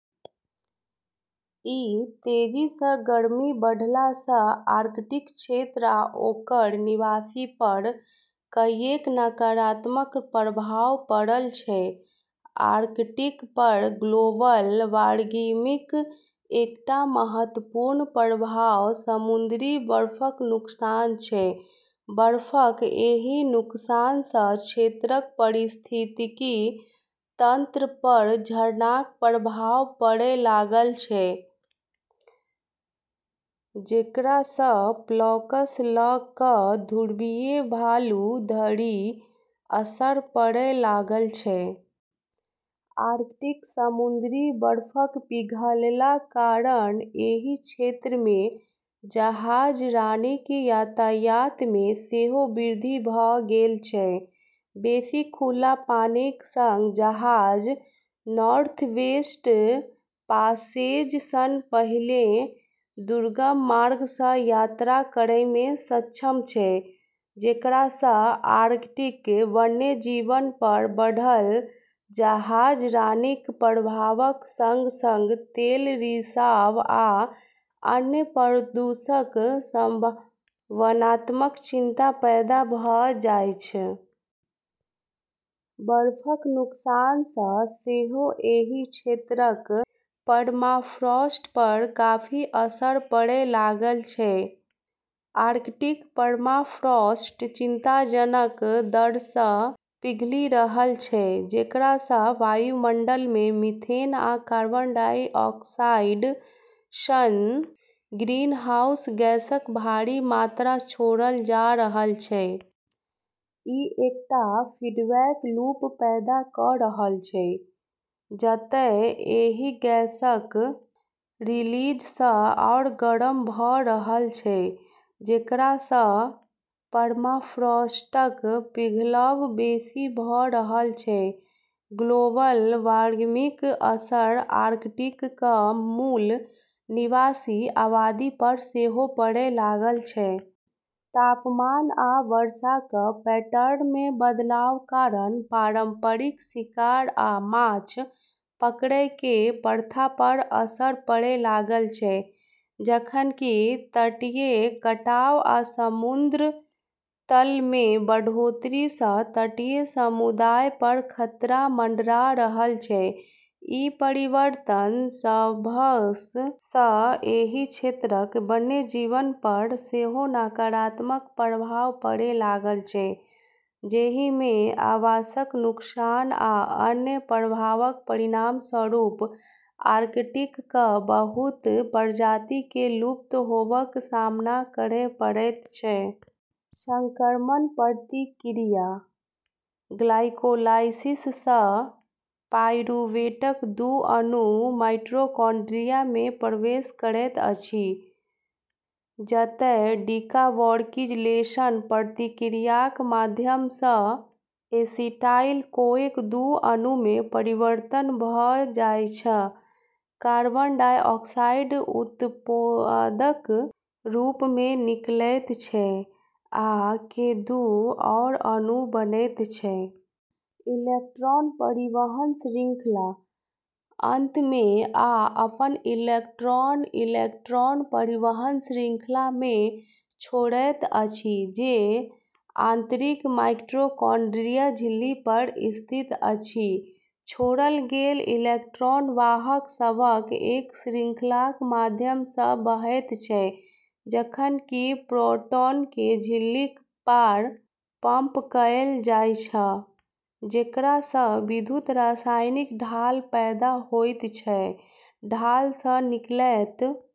ई तेजीसँ गर्मी बढ़लासँ आर्कटिक क्षेत्र आ ओकर निवासीपर कईएक नकारात्मक प्रभाव पड़ल छै। आर्कटिकपर ग्लोबल वार्मिंगक एकटा महत्वपूर्ण प्रभाव समुद्री बर्फक नुकसान छै। बर्फक एहि नुकसानसँ क्षेत्रक पारिस्थितिकी तंत्रपर झरनाक प्रभाव पड़ै लागल छै, जेकरासँ प्लवकसँ लऽ कऽ ध्रुवीय भालू धरि असर पड़ै लागल छै। आर्कटिक समुद्री बर्फक पिघलला कारण एहि क्षेत्रमे जहाजरानीक यातायातमे सेहो वृद्धि भऽ गेल छै। बेसि खुला पानीक संग जहाज नॉर्थवेस्ट पासेज सन पहिने दुर्गम मार्गसँ यात्रा करैमे सक्षम छै, जेकरासँ आर्कटिक वन्यजीवपर बढ़ल जहाजरानीक प्रभावक संग-संग तेल रिसाव आ अन्य प्रदूषणक संभावनाक चिंता पैदा भऽ जाइछ। बर्फक नुकसानसँ सेहो एहि क्षेत्रक परमाफ्रॉस्टपर काफी असर पड़ै लागल छै। आर्कटिक पर्माफ्रॉस्ट चिंताजनक दरसँ पिघलि रहल छै, जेकरासँ वायुमंडलमे मीथेन आ कार्बन डाइऑक्साइड सन ग्रीनहाउस गैसक भारी मात्रा छोड़ल जा रहल छै। ई एकटा फीडबैक लूप पैदा कऽ रहल छै, जतए एहि गैसक रिलीजसँ आर गरम भऽ रहल छै, जेकरासँ परमाफ्रॉस्टक पिघलब बेसि भऽ रहल छै। ग्लोबल वार्मिंगक असर आर्कटिकक मूल निवासी आबादीपर सेहो पड़ै लागल छै। तापमान आ वर्षाक पैटर्नमे बदलाव कारण पारंपरिक शिकार आ माछ पकड़ैकेँ प्रथापर असर पड़ै लागल छै, जखन कि तटीय कटाव आ समुद्र तलमे बढ़ोत्तरीसँ तटीय समुदायपर खतरा मँडरा रहल छै। ई परिवर्तन सभसँ एहि क्षेत्रक वन्यजीवपर सेहो नकारात्मक प्रभाव पड़ै लागल छै, जाहिमे आवासक नुकसान आ अन्य प्रभावक परिणामस्वरूप आर्कटिकक बहुत प्रजातिकेँ विलुप्त होबक सामना करै पड़ैत छै। संक्रमण प्रतिक्रिया: ग्लाइकोलाइसिससँ पाइरुवेटक दू अणु माइटोकॉन्ड्रियामे प्रवेश करैत अछि, जतए डिकार्बोक्जिलेशनक प्रक्रियाक माध्यमसँ एसिटाइल-कोएक दू अणुमे परिवर्तित भऽ जाइछ। कार्बन डाइऑक्साइड उपोत्पादक रूपमे निकलैत छै, आ के दू आओर अणु बनैत छै। इलेक्ट्रॉन परिवहन श्रृंखला: अंतमे आ अपन इलेक्ट्रॉन इलेक्ट्रॉन परिवहन श्रृंखलामे छोड़ैत अछि, जे आंतरिक माइटोकॉन्ड्रिया झिल्लीपर स्थित अछि। छोड़ल गेल इलेक्ट्रॉन वाहक सभक एक श्रृंखलाक माध्यमसँ बहैत छै, जखन कि प्रोटॉनकेँ झिल्लीक पार पंप कएल जाइछ, जेकरासँ विद्युत रासायनिक ढाल पैदा होइत छै। ढालसँ निकलैत--